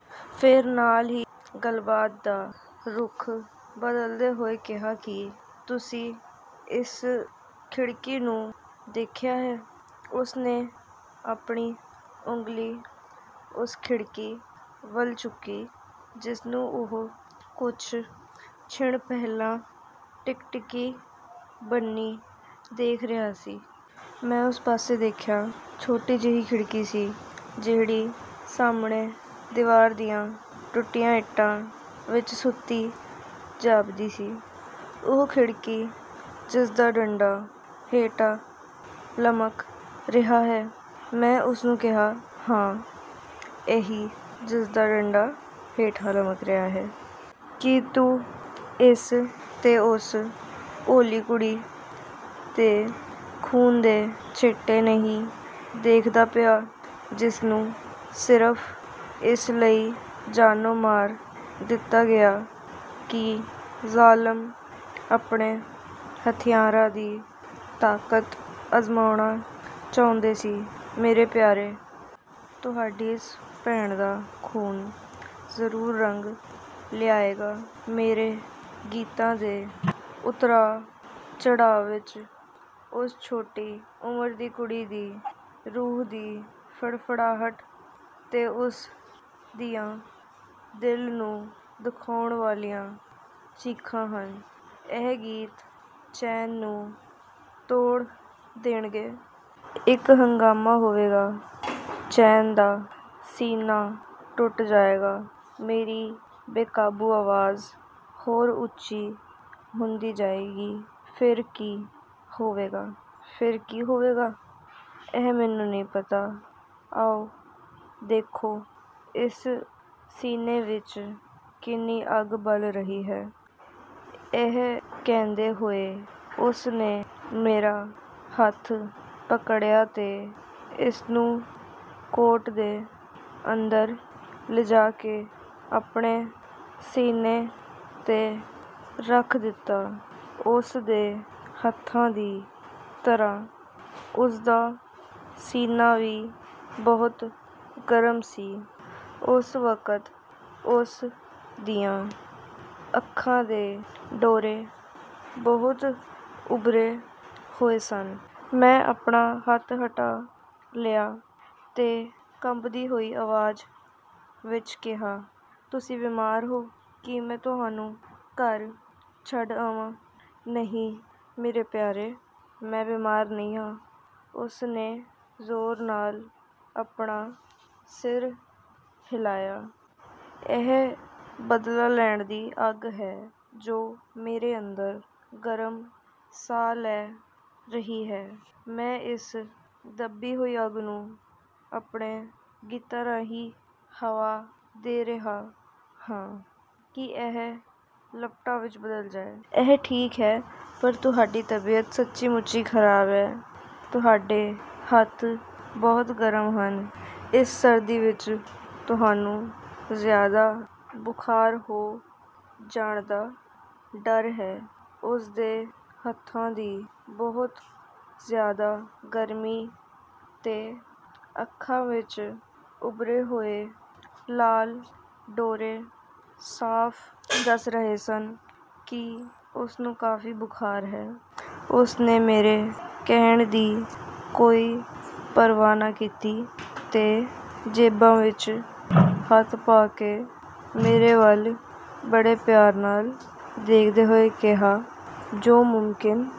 ਫੇਰ ਨਾਲ ਹੀ ਗੱਲਬਾਤ ਦਾ ਰੁਖ਼ ਬਦਲਦੇ ਹੋਏ ਕਿਹਾ, ਕੀ ਤੁਸੀਂ ਇਸ ਖਿੜਕੀ ਨੂੰ ਦੇਖਿਆ ਹੈ? ਉਸ ਨੇ ਆਪਣੀ ਉਂਗਲੀ ਉਸ ਖਿੜਕੀ ਵੱਲ ਚੁੱਕੀ ਜਿਸਨੂੰ ਉਹ ਕੁਝ ਛਿਣ ਪਹਿਲਾਂ ਟਿਕਟਿਕੀ ਬੰਨ੍ਹੀ ਦੇਖ ਰਿਹਾ ਸੀ। ਮੈਂ ਓਸ ਪਾਸੇ ਦੇਖਿਆ। ਛੋਟੀ ਜਿਹੀ ਖਿੜਕੀ ਸੀ ਜਿਹੜੀ ਸਾਹਮਣੇ ਦੀਵਾਰ ਦੀਆਂ ਟੁੱਟੀਆਂ ਇੱਟਾਂ ਵਿਚ ਸੁੱਤੀ ਜਾਪਦੀ ਸੀ। ਓਹ ਖਿੜਕੀ ਜਿਸਦਾ ਡੰਡਾ ਹੇਠਾਂ ਲਮਕ ਰਿਹਾ ਹੈ? ਮੈਂ ਉਸ ਨੂੰ ਕਿਹਾ। ਹਾਂ ਇਹੀ, ਜਿਸਦਾ ਡੰਡਾ ਹੇਠਾਂ ਲਮਕ ਰਿਹਾ ਹੈ। ਕੀ ਤੂੰ ਇਸ ’ਤੇ ਉਸ ਭੋਲੀ ਕੁੜੀ ਦੇ ਖੂਨ ਦੇ ਛਿੱਟੇ ਨਹੀਂ ਦੇਖਦਾ ਪਿਆ, ਜਿਸਨੂੰ ਸਿਰਫ਼ ਇਸ ਲਈ ਜਾਨੋਂ ਮਾਰ ਦਿੱਤਾ ਗਿਆ ਕਿ ਜ਼ਾਲਮ ਆਪਣੇ ਹਥਿਆਰਾਂ ਦੀ ਤਾਕਤ ਅਜ਼ਮਾਉਣਾ ਚਾਹੁੰਦਾ ਸੀ, ਮੇਰੇ ਪਿਆਰੇ। ਤੁਹਾਡੀ ਇਸ ਭੈਣ ਦਾ ਖ਼ੂਨ ਜ਼ਰੂਰ ਰੰਗ ਲਿਆਏਗਾ। ਮੇਰੇ ਗੀਤਾਂ ਦੇ ਉਤਰਾਅ-ਚੜ੍ਹਾਅ ਵਿੱਚ ਉਸ ਛੋਟੀ ਉਮਰ ਦੀ ਕੁੜੀ ਦੀ ਰੂਹ ਦੀ ਫੜਫੜਾਹਟ ਤੇ ਉਸ ਦੀਆਂ ਦਿਲ ਨੂੰ ਦੁਖਾਉਣ ਵਾਲੀਆਂ ਚੀਖਾਂ ਹਨ। ਇਹ ਗੀਤ ਚੈਨ ਨੂੰ ਤੋੜ ਦੇਣਗੇ। ਇੱਕ ਹੰਗਾਮਾ ਹੋਵੇਗਾ। ਚੈਨ ਦਾ ਸੀਨਾ ਟੁੱਟ ਜਾਏਗਾ। ਮੇਰੀ ਬੇਕਾਬੂ ਆਵਾਜ਼ ਹੋਰ ਉੱਚੀ ਹੁੰਦੀ ਜਾਏਗੀ। ਫਿਰ ਕੀ ਹੋਵੇਗਾ? ਫਿਰ ਕੀ ਹੋਵੇਗਾ? ਇਹ ਮੈਨੂੰ ਨਹੀਂ ਪਤਾ। ਆਓ, ਦੇਖੋ, ਇਸ ਸੀਨੇ ਵਿੱਚ ਕਿੰਨੀ ਅੱਗ ਬਲ ਰਹੀ ਹੈ। ਇਹ ਕਹਿੰਦੇ ਹੋਏ ਉਸ ਨੇ ਮੇਰਾ ਹੱਥ ਪਕੜਿਆ ਤੇ ਇਸਨੂੰ ਕੋਟ ਦੇ ਅੰਦਰ ਲਿਜਾ ਕੇ ਆਪਣੇ ਸੀਨੇ ’ਤੇ ਰੱਖ ਦਿੱਤਾ। ਉਸ ਦੇ ਹੱਥਾਂ ਦੀ ਤਰ੍ਹਾਂ ਉਸਦਾ ਸੀਨਾ ਵੀ ਬਹੁਤ ਗਰਮ ਸੀ। ਉਸ ਵਕਤ ਉਸ ਦੀਆਂ ਅੱਖਾਂ ਦੇ ਡੋਰੇ ਬਹੁਤ ਉੱਭਰੇ ਹੋਏ ਸਨ। ਮੈਂ ਆਪਣਾ ਹੱਥ ਹਟਾ ਲਿਆ ਤੇ ਕੰਬਦੀ ਹੋਈ ਆਵਾਜ਼ ਵਿੱਚ ਕਿਹਾ, ਤੁਸੀਂ ਬਿਮਾਰ ਹੋ। ਕੀ ਮੈਂ ਤੁਹਾਨੂੰ ਘਰ ਛੱਡ ਆਵਾਂ? ਨਹੀਂ ਮੇਰੇ ਪਿਆਰੇ, ਮੈਂ ਬਿਮਾਰ ਨਹੀਂ ਹਾਂ। ਉਸ ਨੇ ਜ਼ੋਰ ਨਾਲ ਆਪਣਾ ਸਿਰ ਹਿਲਾਇਆ। ਇਹ ਬਦਲਾ ਲੈਣ ਦੀ ਅੱਗ ਹੈ ਜੋ ਮੇਰੇ ਅੰਦਰ ਗਰਮ ਸਾਹ ਲੈ ਰਹੀ ਹੈ। ਮੈਂ ਇਸ ਦੱਬੀ ਹੋਈ ਅੱਗ ਨੂੰ ਆਪਣੇ ਗੀਤਾਂ ਰਾਹੀਂ ਹਵਾ ਦੇ ਰਿਹਾ ਹਾਂ ਕਿ ਇਹ ਲਪਟਾਂ ਵਿੱਚ ਬਦਲ ਜਾਏ। ਇਹ ਠੀਕ ਹੈ ਪਰ ਤੁਹਾਡੀ ਤਬੀਅਤ ਸੱਚੀਂ-ਮੁੱਚੀਂ ਖਰਾਬ ਹੈ। ਤੁਹਾਡੇ ਹੱਥ ਬਹੁਤ ਗਰਮ ਹਨ। ਇਸ ਸਰਦੀ ਵਿੱਚ ਤੁਹਾਨੂੰ ਜ਼ਿਆਦਾ ਬੁਖਾਰ ਹੋ ਜਾਣ ਦਾ ਡਰ ਹੈ। ਉਸ ਦੇ ਹੱਥਾਂ ਦੀ ਬਹੁਤ ਜ਼ਿਆਦਾ ਗਰਮੀ ਤੇ ਅੱਖਾਂ ਵਿੱਚ ਉੱਭਰੇ ਹੋਏ ਲਾਲ ਡੋਰੇ ਸਾਫ਼ ਦੱਸ ਰਹੇ ਸਨ ਕਿ ਉਸਨੂੰ ਕਾਫ਼ੀ ਬੁਖਾਰ ਹੈ। ਉਸ ਨੇ ਮੇਰੇ ਕਹਿਣ ਦੀ ਕੋਈ ਪਰਵਾਹ ਨਾ ਕੀਤੀ ਤੇ ਜੇਬਾਂ ਵਿੱਚ ਹੱਥ ਪਾ ਕੇ ਮੇਰੇ ਵੱਲ ਬੜੇ ਧਿਆਨ ਨਾਲ ਦੇਖਦੇ ਹੋਏ ਕਿਹਾ, ਯੇ ਮੁਮਕਿਨ